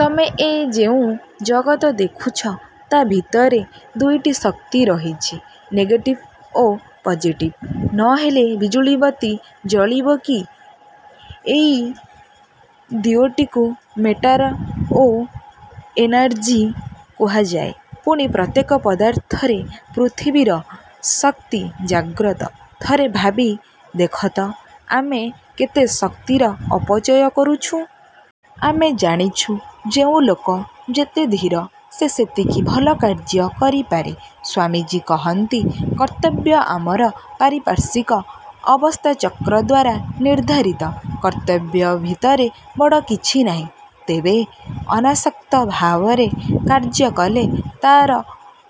ତମେ ଏ ଯେଉଁ ଜଗତ ଦେଖୁଛ ତା' ଭିତରେ ଦୁଇଟି ଶକ୍ତି ରହିଛି। ନେଗେଟିଭ ଓ ପଜେଟିଭ ନ ହେଲେ ବିଜୁଳିବତୀ ଜଳିବ କି ଏହି ଦିଓଟିକୁ ମେଟାର ଓ ଏନାର୍ଜି କୁହାଯାଏ। ପୁଣି ପ୍ରତ୍ୟେକ ପଦାର୍ଥରେ ପୃଥିବୀର ଶକ୍ତି ଜାଗ୍ରତ। ଥରେ ଭାବି ଦେଖତ ଆମେ କେତେ ଶକ୍ତିର ଅପଚୟ କରୁଛୁଁ-। ଆମେ ଜାଣିଛୁ, ଯେଉଁ ଲୋକ ଯେତେ ଧୀର ସେ ସେତିକି ଭଲକାର୍ଯ୍ୟ କରିପାରେ। ସ୍ୱାମୀଜୀ କହନ୍ତି, କର୍ତ୍ତବ୍ୟ ଆମର ପାରିପାର୍ଶ୍ୱିକ ଅବସ୍ଥାଚକ୍ର ଦ୍ୱାରା ନିର୍ଦ୍ଧାରିତ। କର୍ତ୍ତବ୍ୟ ଭିତରେ ବଡ଼ କିଛି ନାହିଁ। ତେବେ ଅନାସକ୍ତ ଭାବରେ କାର୍ଯ୍ୟ କଲେ ତା'ର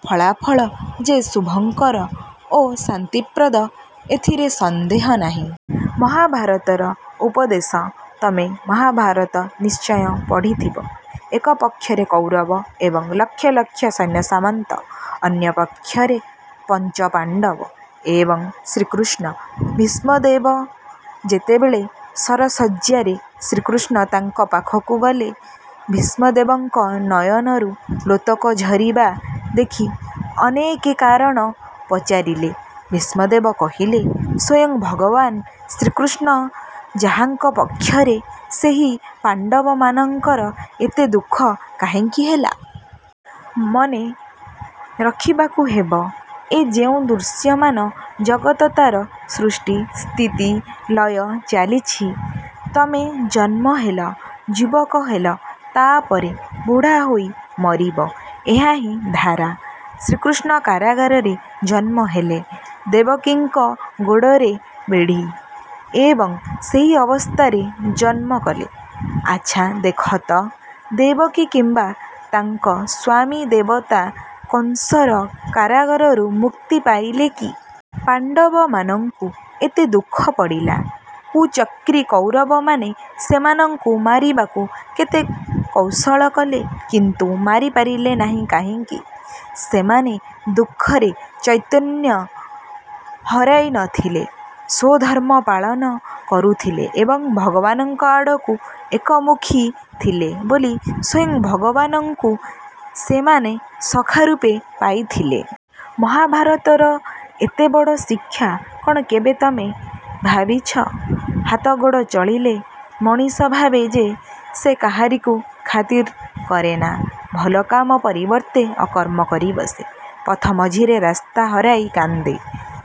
ଫଳାଫଳା ଯେ ଶୁଭଙ୍କର ଓ ଶାନ୍ତିପ୍ରଦ, ଏଥିରେ ସନ୍ଦେହ ନାହିଁ। ମହାଭାରତର ଉପଦେଶ ତମେ ମହାଭାରତ ନିଶ୍ଚୟ ପଢ଼ିଥିବ। ଏକ ପକ୍ଷରେ କୌରବ ଏବଂ ଲକ୍ଷ ଲକ୍ଷ ସୈନ୍ୟସାମନ୍ତ, ଅନ୍ୟପକ୍ଷରେ ପଞ୍ଚପାଣ୍ତବ, ଏବଂ ଶ୍ରୀକୃଷ୍ଣ। ଭୀଷ୍ମଦେବ ଯେତେବେଳେ ଶରଶଯ୍ୟାରେ, ଶ୍ରୀକୃଷ୍ଣ ତାଙ୍କ ପାଖକୁ ଗଲେ। ଭୀଷ୍ମଦେବଙ୍କ ନୟନରୁ ଲୋତକ ଝରିବା ଦେଖି ଅନେକେ କାରଣ ପଚାରିଲେ। ଭୀଷ୍ମଦେବ କହିଲେ-ସ୍ୱୟଂ ଭଗବାନ ଶ୍ରୀକୃଷ୍ଣ ଯାହାଙ୍କ ପକ୍ଷରେ, ସେଇ ପାଣ୍ତବମାନଙ୍କର ଏତେ ଦୁଃଖ କାହିଁକି ହେଲା? ମନେ ରଖିବାକୁ ହେବ ଏ ଯେଉଁ ଦୃଶ୍ୟମାନ ଜଗତ ତାର ସୃଷ୍ଟି-ସ୍ଥିତି-ଲୟ ଚାଲିଛି। ତମେ ଜନ୍ମ ହେଲ, ଯୁବକ ହେଲ ତା'ପରେ ବୁଢ଼ା ହୋଇ ମରିବ। ଏହାହିଁ ଧାରା। ଶ୍ରୀକୃଷ୍ଣ କାରାଗାରରେ ଜନ୍ମ ହେଲେ। ଦେବକୀଙ୍କ ଗୋଡ଼ରେ ବେଢ଼ି ଏବଂ ସେହି ଅବସ୍ଥାରେ ଜନ୍ମକଲେ। ଆଚ୍ଛା ଦେଖତ ଦେବକୀ କିମ୍ୱା ତାଙ୍କ ସ୍ୱାମୀଦେବତା କଂସର କାରାଗାରରୁ ମୁକ୍ତି ପାଇଲେ କି? ପାଣ୍ତବମାନଙ୍କୁ ଏତେ ଦୁଃଖ ପଡ଼ିଲା। କୁଚକ୍ରୀ କୌରବମାନେ ସେମାନଙ୍କୁ ମାରିବାକୁ କେତେ କୌଶଳ କଲେ କିନ୍ତୁ ମାରି ପାରିଲେ ନାହିଁ କାହିଁକି? ସେମାନେ ଦୁଃଖରେ ଚୈତନ୍ୟ ହରାଇ ନ ଥିଲେ। ସ୍ୱଧର୍ମ ପାଳନ କରୁଥିଲେ ଏବଂ ଭଗବାନଙ୍କ ଆଡ଼କୁ ଏକମୁଖୀ ଥିଲେ ବୋଲି ସ୍ୱୟଂ ଭଗବାନଙ୍କୁ ସେମାନେ ସଖା ରୂପେ ପାଇଥିଲେ। ମହାଭାରତର ଏତେବଡ଼ ଶିକ୍ଷା କ'ଣ କେବେ ତମେ ଭାବିଛ? ହାତ-ଗୋଡ଼ ଚଳିଲେ ମଣିଷଭାବେ ଯେ ସେ କାହାରିକୁ ଖାତିର କରେନା। ଭଲକାମ ପରିବର୍ତ୍ତେ ଅକର୍ମ କରି ବସେ। ପଥ ମଝିରେ ରାସ୍ତା ହରାଇ କାନ୍ଦେ।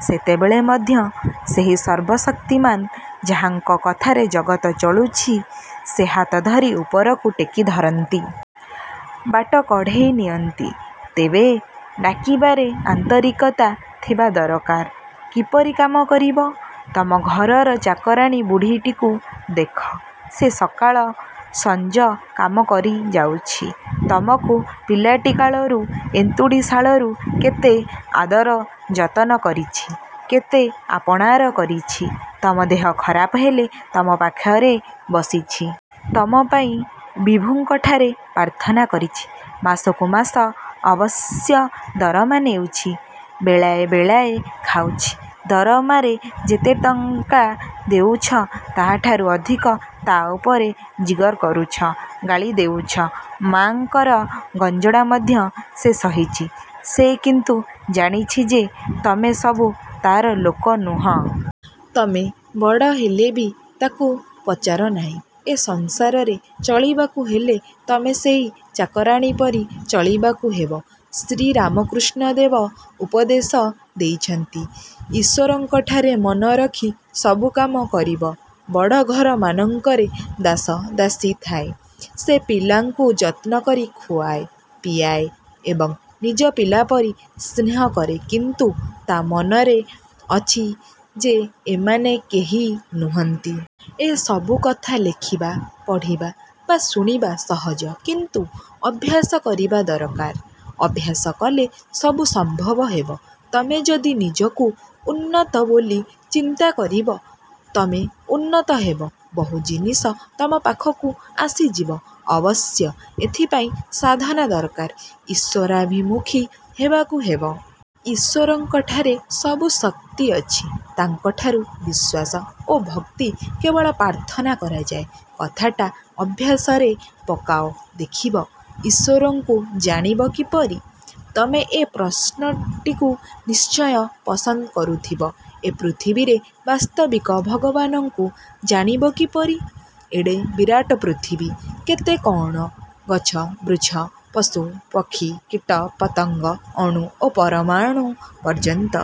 ସେତେବେଳେ ମଧ୍ୟ ସେହି ସର୍ବଶକ୍ତିମାନ ଯାହାଙ୍କ କଥାରେ ଜଗତ ଚଳୁଛି ସେ ହାତ ଧରି ଉପରକୁ ଟେକି ଧରନ୍ତି। ବାଟ କଢ଼େଇ ନିଅନ୍ତି। ତେବେ ଡାକିବାରେ ଆନ୍ତରିକତା ଥିବା ଦରକାର। କିପରି କାମ କରିବ? ତମ ଘରର ଚାକରାଣୀ ବୁଢ଼ୀଟିକୁ ଦେଖ। ସେ ସକାଳ ସଞ୍ଜ କାମ କରିଯାଉଛି। ତମକୁ ପିଲାଟି କାଳରୁ ଅନ୍ତୁଡ଼ିଶାଳରୁ କେତେ ଆଦର ଯତନ କରିଛି। କେତେ ଆପଣାର କରିଛି। ତମ ଦେହ ଖରାପ ହେଲେ ତମ ପାଖରେ ବସିଛି। ତମ ପାଇଁ ବିଭୁଙ୍କଠାରେ ପ୍ରାର୍ଥନା କରିଛି। ମାସକୁ ମାସ ଅବଶ୍ୟ ଦରମା ନେଉଛି। ବେଳାଏ ବେଳାଏ ଖାଉଛି। ଦରମାରେ ଯେତେ ଟଙ୍କା ଦେଉଛ, ତା'ଠାରୁ ଅଧିକ ତା' ଉପରେ ଜିଗର କରୁଛ। ଗାଳି ଦେଉଛ। ମା'ଙ୍କର ଗଞ୍ଜଣା ମଧ୍ୟ ସେ ସହିଛି। ସେ କିନ୍ତୁ ଜାଣିଛି ଯେ ତମେ ସବୁ ତାର ଲୋକ ନୁହଁ। ତମେ ବଡ଼ ହେଲେବି ତାକୁ ପଚାର ନାହିଁ। ଏ ସଂସାରରେ ଚଳିବାକୁ ହେଲେ ତମେ ସେଇ ଚାକରାଣୀ ପରି ଚଳିବାକୁ ହେବ। ଶ୍ରୀରାମକୃଷ୍ଣ ଦେବ ଉପଦେଶ ଦେଇଛନ୍ତି, ଈଶ୍ୱରଙ୍କଠାରେ ମନ ରଖି ସବୁକାମ କରିବ-। ବଡ଼ଘରମାନଙ୍କରେ ଦାସ-ଦାସୀ ଥାଏ। ସେ ପିଲାଙ୍କୁ ଯତ୍ନକରି ଖୁଆଏ, ପିଆଏ ଏବଂ ନିଜ ପିଲାପରି ସ୍ନେହ କରେ କିନ୍ତୁ ତା' ମନରେ ଅଛି ଯେ ଏମାନେ କେହି ନୁହନ୍ତି। ଏ ସବୁ କଥା ଲେଖିବା, ପଢ଼ିବା ବା ଶୁଣିବା ସହଜ କିନ୍ତୁ ଅଭ୍ୟାସ କରିବା ଦରକାର। ଅଭ୍ୟାସ କଲେ ସବୁ ସମ୍ଭବ ହେବ। ତମେ ଯଦି ନିଜକୁ ଉନ୍ନତ ବୋଲି ଚିନ୍ତା କରିବ, ତମେ ଉନ୍ନତ ହେବ। ବହୁ ଜିନିଷ ତମ ପାଖକୁ ଆସିଯିବ। ଅବଶ୍ୟ ଏଥିପାଇଁ ସାଧନା ଦରକାର-ଈଶ୍ୱରାଭିମୁଖୀ ହେବାକୁ ହେବ। ଈଶ୍ୱରଙ୍କଠାରେ ସବୁ ଶକ୍ତି ଅଛି। ତାଙ୍କଠାରୁ ବିଶ୍ୱାସ ଓ ଭକ୍ତି କେବଳ ପ୍ରାର୍ଥନା କରାଯାଏ। କଥାଟା ଅଭ୍ୟାସରେ ପକାଅ ଦେଖିବ! ଈଶ୍ୱରଙ୍କୁ ଜାଣିବ କିପରି? ତମେ ଏ ପ୍ରଶ୍ନଟିକୁ ନିଶ୍ଚୟ ପସନ୍ଦ କରୁଥିବ। ଏ ପୃଥିବୀରେ ବାସ୍ତବିକ ଭଗବାନଙ୍କୁ ଜାଣିବ କିପରି? ଏଡ଼େ ବିରାଟ ପୃଥିବୀ। କେତେ କଣ ଗଛ-ବୃଚ୍ଛ, ପଶୁ-ପକ୍ଷୀ, କୀଟ-ପତଙ୍ଗ ଅଣୁ ଓ ପରମାଣୁ ପର୍ଯ୍ୟନ୍ତ।